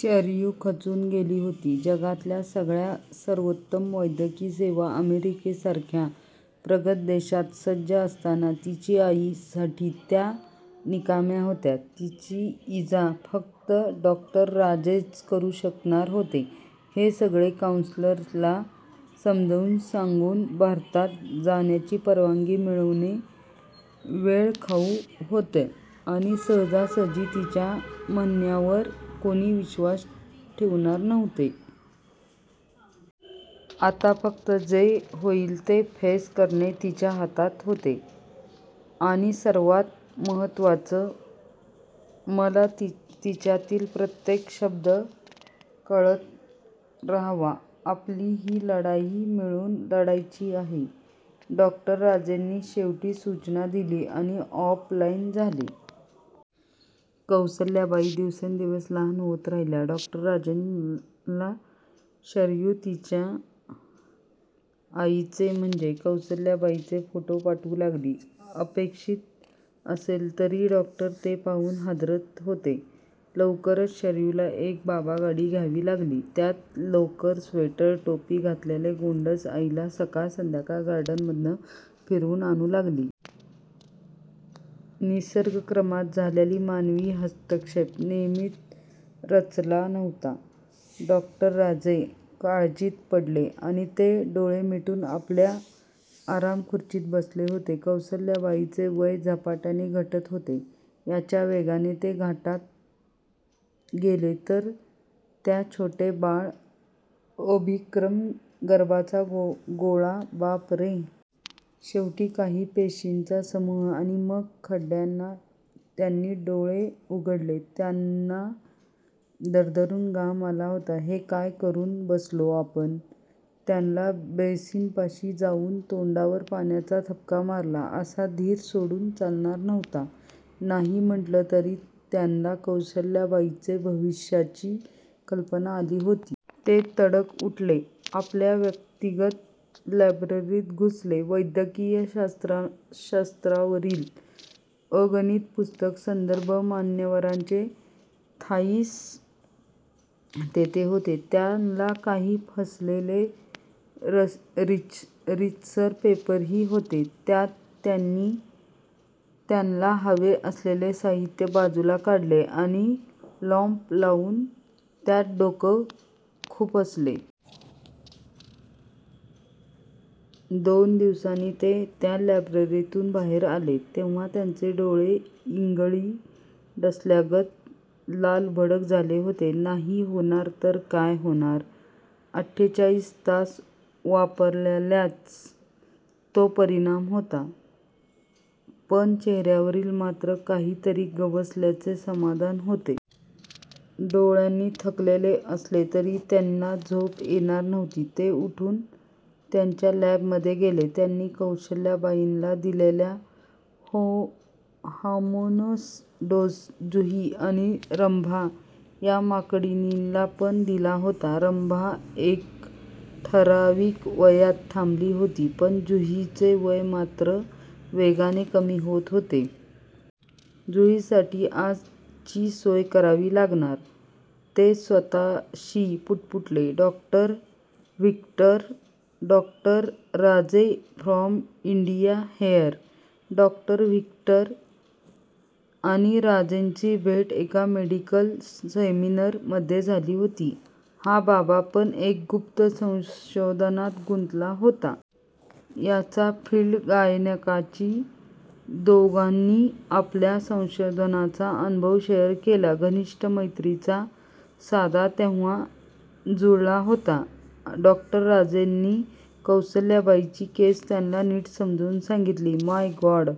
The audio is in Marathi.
शरयू खचून गेली होती. जगातल्या सगळ्या, सर्वोत्तम वैद्यकीय सेवा अमेरिकेसारख्या प्रगत देशात सज्ज असताना, तिच्या आई साठी त्या निकामी होत्या! तिचा इलाज फक्त डॉ. राजेच करू शकणार होते. हे सगळं कॉऊंसिलरला समजावून सांगून भारतात जाण्याची परवानगी मिळवणं वेळ खाऊ होत आणि सहजासहजी तिच्या म्हणण्यावर कोणीच विश्वास ठेवणार नव्हतं. आता फक्त जे होईल ते फेस करणे तिच्या हाती होते आणि सर्वात महत्वाचं, मला त्यांच्यातील प्रत्येक बदल कळवत रहा! आपल्याला हि लढाई मिळून लढायची आहे! डॉ. राजेनी शेवटची सूचना दिली आणि ऑफ लाईन झाले. कौसल्याबाई दिवसेंदिवस लहान होत राहिल्या! डॉ. राजेंना, शरयू तिच्या आईचे म्हणजे कौसल्याबाईंचे फोटो पाठवू लागली. अपेक्षित असले तरी डॉक्टर ते पाहून हादरत होते. लवकरच शरयूला एक बाबागाडी घ्यावी लागली! त्यात लोकरी स्वेटर- टोपी घातलेल्या गोंडस 'आईला', सकाळ संध्याकाळ गार्डनमध्ये फिरवून आणू लागली! निसर्गक्रमात झालेला मानवी हस्तक्षेप नियतीला रुचला नव्हता! डॉक्टर राजे काळजीत पडले. ते डोळे मिटून आपल्या आरामखुर्चीत बसले होते. कौसल्याबाईंचं वय झपाट्याने घटत होत. याच वेगाने ते घाटात गेले तर? त्या छोटं बाळ अभ्रक गर्भाचा गोळा बापरे! शेवटी काही पेशींचा समूह अन मग! खाड्कन त्यांनी डोळे उघडले! त्यांना दरदरून घाम आला होता! हे काय करून बसलोय आपण? त्यांनी बेसिनपाशी जाऊन तोंडावर पाण्याचा हबका मारला. असं धीर सोडून चालणार नव्हतं. नाही म्हटलंतरी त्यांना कौशल्याबाईंच्या भविष्याची कल्पना आलीच होती. ते तडक उठले आणि आपल्या व्यक्तिगत लायब्ररीत घुसले. वैद्यकीय शास्त्रावरील अगणित पुस्तके, संदर्भ, मान्यवरांचे थिसीस तेथे होते. त्यात काही फसलेले रिसर्च पेपरही होते. त्यांनी त्यांना हवे असलेले साहित्य बाजूला काढले आणि लॅम्प लावून त्यात डोके खुपसले. दोन दिवसांनी ते त्या लायब्ररीतुन बाहेर आले तेव्हा त्यांचे डोळे, इंगळी डसल्यागत लालभडक झाले होते. नाही होणार तर काय होणार? अठ्ठेचाळीस तास वापरल्याचा तो परिणाम होता. पण चेहऱ्यावर मात्र काहीतरी गवसल्याचे समाधान होते! डोळे थकले असले तरी त्यांना झोप येणार नव्हती. ते उठून त्यांच्या लॅब मध्ये गेले. त्यांनी कौशल्याबाईंना दिलेल्या हार्मोनचा डोस 'जुही' आणि 'रंभा' या माकडिणींना पण दिला होता. रंभा एका ठराविक वयात थांबली होती, पण जुहीचे वय मात्र वेगाने कमी होत होते. 'जुही साठी, आज ची सोया करावी लागणार.' ते स्वतःशीच पुटपुटले. "Doctor Victor? " "Doctor Raje from India here! " डॉ व्हिक्टर आणि राजेंची भेट एका मेडिकल सेमिनार मध्ये झाली होती. हा बाबा पण एका गुप्त संशोधनात गुंतला होता. याचे फिल्ड गायनीकचे. दोघांनी आपल्या संशोधनाचे अनुभव शेयर केले. घनिष्ट मैत्रीचा सांधा तेव्हाच जुळला होता. डॉ. राजेंनी कौसल्याबाईंची केस त्याला नीट समजावून सांगितली. My God!